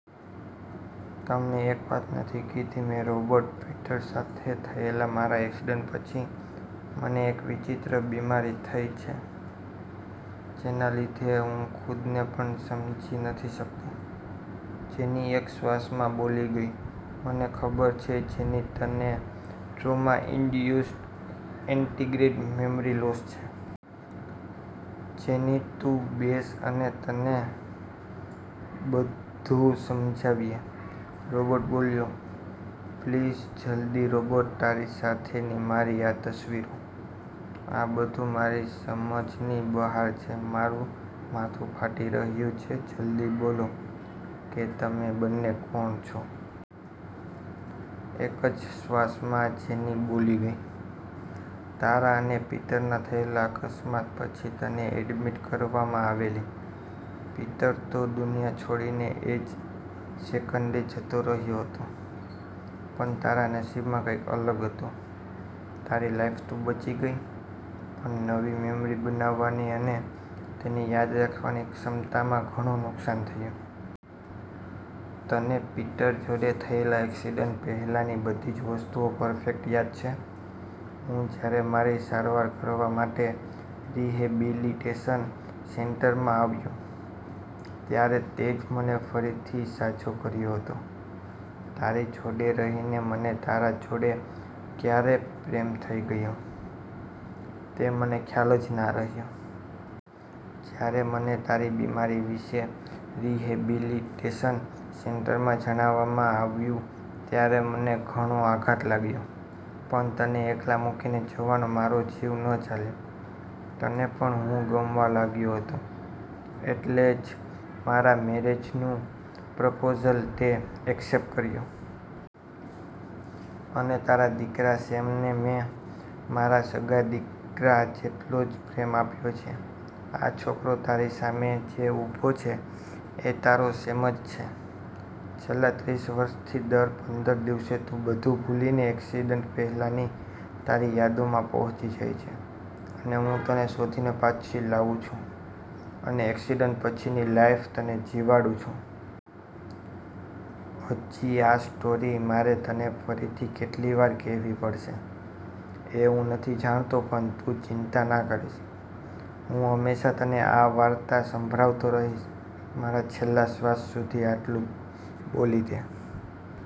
"તમને એક વાત નથી કીધી મે રૉબર્ટ, પીટર સાથે થયેલા મારા એક્સિડન્ટ પછી મને એક વિચિત્ર બીમારી થઈ છે. જેના લીધે હું ખુદને પણ સમજી નથી શકતી." જેની એક શ્વાસમાં બોલી ગઈ. "મને ખબર છે જેની, તને trauma induced anterograde memory loss છે." "જેની, તુ બેસ, અમે તને બધું સમજાવીએ." રૉબર્ટ બોલ્યો. "પ્લીઝ, જલ્દી. રૉબર્ટ તારી સાથેની મારી આ તસવીરો? આ બધું મારી સમજની બહાર છે, મારું માથું ફાટી રહ્યું છે, જલ્દી બોલો કે તમે બંને કોણ છો?" એક જ શ્વાસમાં જેની બોલી ગઈ. "તારા અને પીટરના થયેલા અકસ્માત પછી તને એડમીટ કરવામાં આવેલી. પીટર તો દુનિયા છોડીને એજ સેકન્ડે જતો રહ્યો હતો. પણ, તારા નસીબમાં કંઈક અલગ હતું. તારી લાઈફ તો બચી ગઈ, પણ નવી મેમરી બનાવવાની અને તેને યાદ રાખવાની ક્ષમતામાં ઘણું નુકશાન થયું. તને પીટર જોડે થયેલા એકસીડન્ટ પહેલાની બધી જ વસ્તુઓ પરફેક્ટ યાદ છે, હું જ્યારે મારી સારવાર કરવા માટે રિહેબિલિટેશન સેન્ટરમાં આવ્યો, ત્યારે તેજ મને ફરીથી સાજો કર્યો હતો. તારી જોડે રહીને મને તારા જોડે ક્યારે પ્રેમ થઇ ગયો તે મને ખ્યાલ જ ના રહ્યો. જ્યારે મને તારી બીમારી વિશે રિહેબિલિટેશન સેન્ટરમાં જણાવવામાં આવ્યું ત્યારે મને ઘણો આઘાત લાગ્યો. પણ તને એકલા મૂકીને જવાનો મારો જીવ ન ચાલ્યો. તને પણ હું ગમવા લાગ્યો હતો, એટલે જ મારા મેરેજનું પ્રપોઝલ તે એક્સેપ્ટ કર્યું. અને તારા દિકરા 'સેમ' ને મેં મારા સગા દીકરા જેટલો જ પ્રેમ આપ્યો છે. આ છોકરો તારી સામે જે ઊભો છે એ તારો સેમ જ છે. છેલ્લા ત્રીસ વર્ષથી દર પંદર દિવસે તુ બધુ ભૂલીને એક્સિડન્ટ પહેલાની તારી યાદોમાં પહોંચી જાય છે, અને હું તને શોધીને પાછી લાવુ છું, અને એક્સિડન્ટ પછીની લાઈફ તને જીવાડું છું. હજી આ સ્ટોરી મારે તને ફરીથી કેટલી વાર કહેવી પડશે એ હું નથી જાણતો. પણ તું ચિંતા ના કરીશ, હું હંમેશા તને આ વાર્તા સંભળાવતો રહીશ, મારા છેલ્લા શ્વાસ સુધી." આટલું બોલી તે